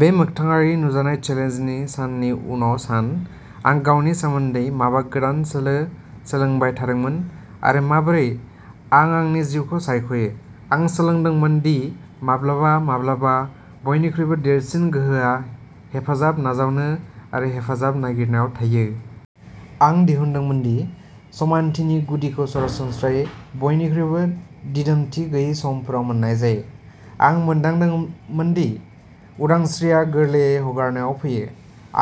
बे मोखथाङारि नुजानाय चेलेन्जनि साननि उनाव सान, आं गावनि सोमोन्दै माबा गोदान सोलो सोलोंबाय थादोंमोन आरो माबोरै आं आंनि जिउखौ सायख'यो। आं सोलोंदोंमोन दि माब्लाबा-माब्लाबा बयनिख्रुइबो देरसिन गोहोआ हेफाजाब नाजावनो आरो हेफाजाब नागिरनायाव थायो। आं दिहुनदोंमोन दि समानथिनि गुदिखौ सरासनस्रायै बयनिख्रुइबो दिदोमथि गैयै समफोराव मोन्नाय जायो। आं मोनदांदोंमोन दि उदांस्रिआ गोरलैयै हगारनायाव फैयो।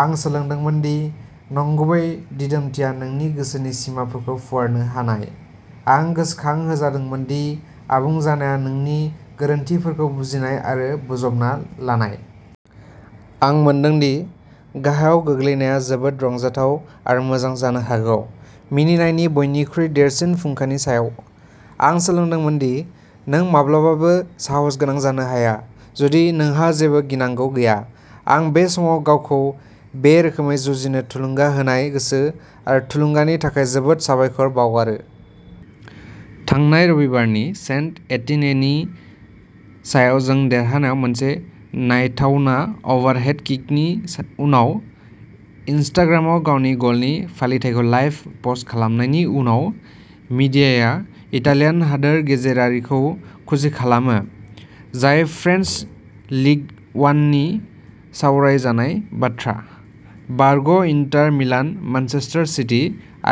आं सोलोंदोंमोन दि नंगुबै दिदोमथिया नोंनि गोसोनि सिमाफोरखौ फुवारनो हानाय। आं गोसोखांहोजादोंमोन दि आबुं जानाया नोंनि गोरोनथिफोरखौ बुजिनाय आरो बोजबना लानाय। आं मोनदों दि गाहायाव गोग्लैनाया जोबोद रंजाथाव आरो मोजां जानो हागौ। मिनिनायनि बयनिख्रुइ देरसिन फुंखानि सायाव। आं सोलोंदोंमोन दि नों माब्लाबाबो साहसगोनां जानो हाया, जुदि नोंहा जेबो गिनांगौ गैया। आं बे समाव गावखौ बे रोखोमै जुजिनो थुलुंगा होनाय गोसो आरो थुलुंगानि थाखाय जोबोद साबायखर बावगारो। थांनाय रबिबारनि सेन्ट एटिनेनि सायाव जों देरहानायाव मोनसे नायथावना अभारहेड किकनि उनाव इनस्टाग्रामआव गावनि गलनि फालिथाइखौ लाइभ पस्ट खालामनायनि उनाव मीडियाया इटालियान हादोर गेजेरारिखौ खुसि खालामो, जाय फ्रेन्स लिग वाननि सावरायजानाय बाथ्रा। बारग'इन्टार मिलान, मेनचेस्टार सिटी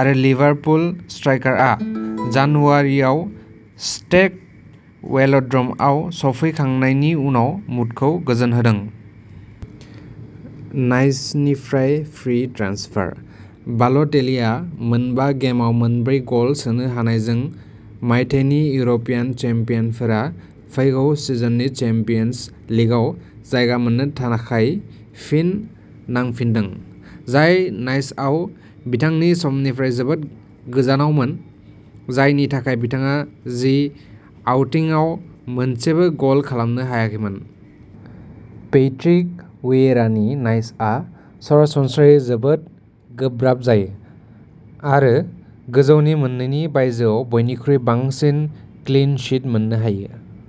आरो लिभारपुल स्ट्राइकारआ जानुवारिआव स्टेड वेल'ड्र'मआव सौफैखांनायनि उनाव मुडखौ जौगाहोदों। नाइसनिफ्राय फ्रि ट्रेन्सफार। बाल'टेलिआ मोनबा गेमआव मोनब्रै गल सोनो हानायजों मायथाइनि इउर'पियान चेम्पियनफोरा फैगौ सिजननि चेम्पियन्स लिगआव जायगा मोननो थाखाय फिन नांफिनदों; जाय नाइसआव बिथांनि समनिफ्राय जोबोद गोजानावमोन, जायनि थाखाय बिथाङा जि आउटिंगआव मोनसेबो गल खालामनो हायाखैमोन। पैट्रिक वियेरानि नाइसआ सरासनस्रायै जोबोद गोब्राब जायो आरो गोजौनि मोननैनि बायजोआव बयनिख्रुइ बांसिन क्लीन शीट मोननो हायो।